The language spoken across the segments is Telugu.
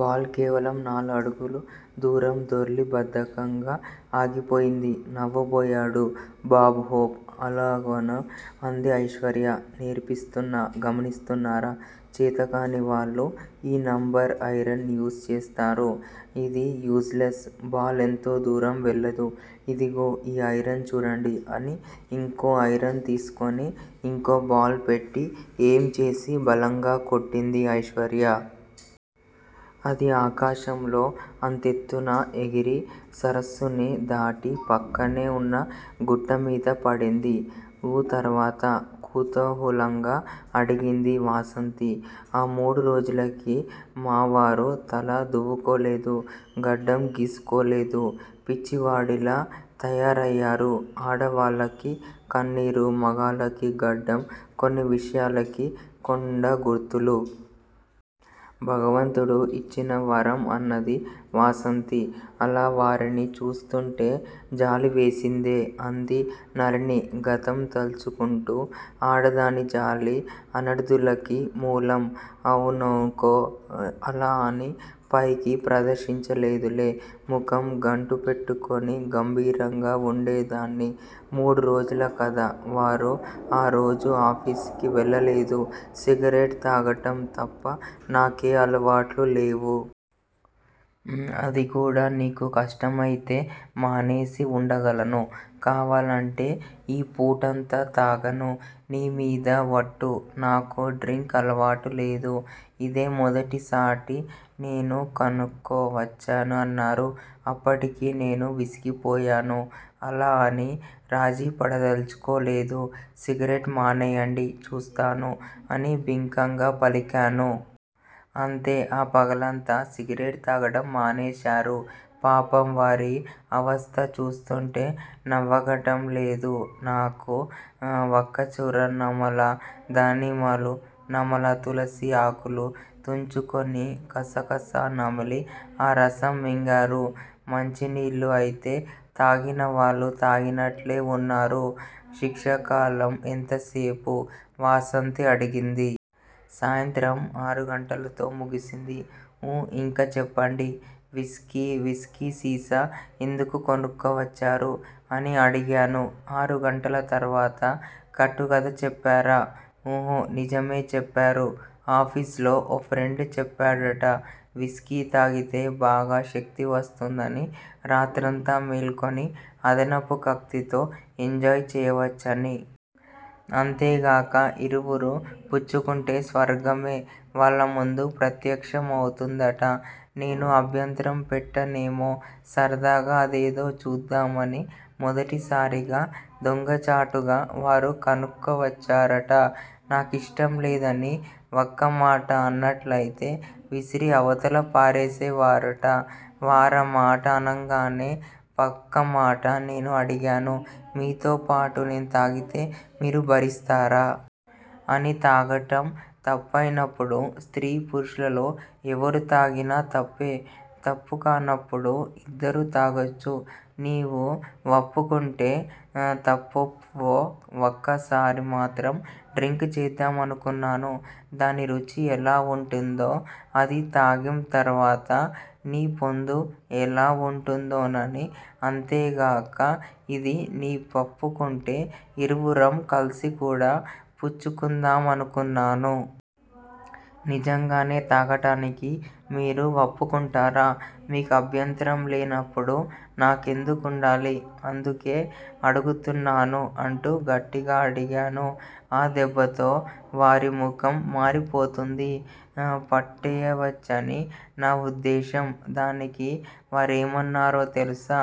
బాల్ కేవలం నాలుగు అడుగుల దూరం దొర్లి బద్ధకంగా ఆగిపోయింది. నవ్వబోయాడు బాబ్ హోప్. ఆలోగానే అంది ఐశ్వర్య. నేర్పిస్తున్నా గమనిస్తున్నారా చేతకాని వాళ్ళు ఈ నెంబర్ ఐరన్ యూస్ చేస్తారు. ఇది యూస్ లెస్. బాల్ ఎంతో దూరం వెళ్ళదు. ఇదిగో ఈ ఐరన్ చూడండి అని ఇంకో ఐరన్ తీసుకుని ఇంకో బాల్ పెట్టి ఎయిమ్ చేసి బలంగా కొట్టింది ఐశ్వర్య. అది ఆకాశంలో అంతెత్తున ఎగిరి సరస్సుని దాటి పక్కనే ఉన్న గుట్ట మీద పడింది. ఊ తర్వాత? కుతూహలంగా అడిగింది వాసంతి. ఆ మూడు రోజులకీ మావారు తల దువ్వుకోలేదు. గడ్డం గీసుకోలేదు. పిచ్చివాడిలా తయారయారు. ఆడాళ్ళకి కన్నీరు, మగాళ్ళకి గడ్డం కొన్ని విషయాలకి కొండ గుర్తులు. భగవంతుడు యిచ్చిన వరం అన్నది వాసంతి. అలా వారిని చూస్తుంటే జాలివేసిందే అంది నళిని గతం తలుచుకుంటూ! ఆడదాని జాలి అనర్దాలకి మూలం. అవుననుకో. అలా అని పైకి ప్రదర్శించలేదులే. ముఖం గంటువెట్టుకుని గంభీరంగా వుండేదాన్ని. మూడురోజుల కధ. వారు ఆరోజు ఆఫీసుకి వెళ్ళలేదు. సిగరెట్ తాగటం తప్ప నాకే అలవాట్లూ లేవు. అదికూడా నీకు కష్టమైతే మానేసి వుండగలను. కావాలంటే ఈ పూటంతా తాగను. నీ మీద వట్టు. నాకు డ్రింక్ అలవాటు లేదు. ఇదే మొదటిసాటి నేను కొనుక్కు వచ్చాను అన్నారు. అప్పటికి నేనూ విసిగిపోయాను, అలా అని రాజీపడదల్చుకోలేదు. సిగరెట్ మానేయండి చూస్తాను. అని బింకంగా పలికాను. అంతే ఆ పగలంతా సిగరెట్ తాగటం మానేశారు. పాపం వారి అవస్త చూస్తుంటే నవ్వాగటంలేదు నాకు. వక్కచూర నమల, ధనిమాలు నమల, తులసి ఆకులు తుంచుకొని కసకస నమిలి ఆ రసం మింగారు. మంచినీళ్ళు అయితే తాగిన వాళ్ళు తాగినట్లే వున్నారు. శిక్షాకాలం ఎంతసేపు! వాసంతి అడిగింది. సాయంత్రం ఆరుగంటలతో ముగిసింది. ఊ-యింక చెప్పండి. విస్కీ విస్కీ సీసా ఎందుకు కొనుక్కు వచ్చారు! అని అడిగాను ఆరుగంటల తర్వాత. కట్టుకధ చెప్పారా! ఉహూ, నిజమే చెప్పారు. ఆఫీసులో ఓ ఫ్రెండ్ చెప్పాడుట. విస్కీ తాగితే బాగా శక్తి వస్తుందని రాత్రంతా మేలుకొని అదనపు కక్తితో ఎంజాయ్ చేయవచ్చని. అంతేగాక యిరువురూ పుచ్చుకుంటే స్వర్గమే వాళ్ళముందు ప్రత్యక్షం అవుతుందిట. నేను అభ్యంతరం పెట్టనేమో సరదాగా అదేదో చూద్దామని మొదటిసారిగా దొంగచాటుగా వారు కొనుక్కు వచ్చారుట, నాకిష్టంలేదని వక్కమాట అన్నట్లయితే విసిరి అవతల పారేసేవారుట. వారామాట అనంగానే వక్కమాట నేను అడిగాను. మీతోపాటు నేను తాగితే మీరు భరిస్తారా! అని తాగటం తప్పయినప్పుడు స్త్రీ పురుషులలో ఎవరు తాగినా తప్పే. తప్పుకానప్పుడు యిద్దరూ తాగొచ్చు. నీవు వప్పుకుంటే తప్పోవప్పో వక్కసారి మాత్రం డ్రింక్ చేద్దామనుకున్నాను. దాని రుచి ఎలా వుంటుందో, అది తాగిం తరువాత నీపొందు ఎలా వుంటుందోనని అంతేగాక యిదీ నీ వప్పుకుంటే యిరువురం కలసికూడా పుచ్చుకుందామనుకున్నాను. నిజంగానే తాగటానికి మీరు వప్పుకుంటారా! మీకభ్యంతరం లేనప్పుడు నాకెందుకుండాలి. అందుకే అడుగుతున్నాను అంటూ గట్టిగా అడిగాను. ఆ దెబ్బతో వారి ముఖం మారిపోతుంది. పట్టేయవచ్చని నా వుద్దేశ్యం. దానికి వారేమన్నారో తెలుసా?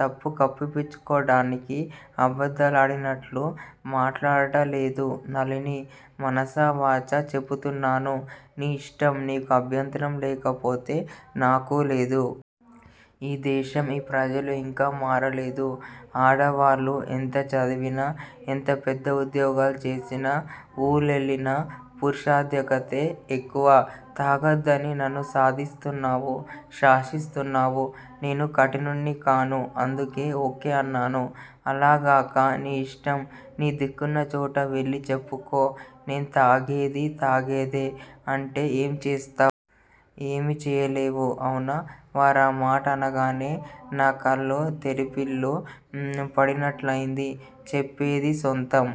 తప్పు కప్పిపుచ్చుకోటానికి అబద్ధాలాడినట్లు మాట్లాడటలేదు నళినీ! మనసా వాచా చెపుతున్నాను. నీ యిష్టం నీకు అభ్యంతరం లేకపోతే నాకూ లేదు. ఈ దేశం ఈ ప్రజలు ఇంకా మారలేదు. ఆడవాళ్ళు ఎంత చదివినా ఎంత పెద్ద ఉద్యోగాలు చేసినా ఊళ్లేలినా పురుషాధిక్యతే ఎక్కువ. తాగొద్దని నన్ను సాధిస్తున్నావు. శాసిస్తున్నావు. నేను కఠినుడినికాను. అందుకే ఓకే అన్నాను. అలాగాక నీయిష్టం, నీ దిక్కున్నచోట వెళ్ళి చెప్పుకో నేతాగేది తాగేదే అంటే ఏం చేస్తావ్? ఏమి చెయ్యలేవు అవునా! వారామాట అనగానే నా కళ్ళు తెరిపిళ్ళు పడినట్లయింది. చెప్పేది సాంతం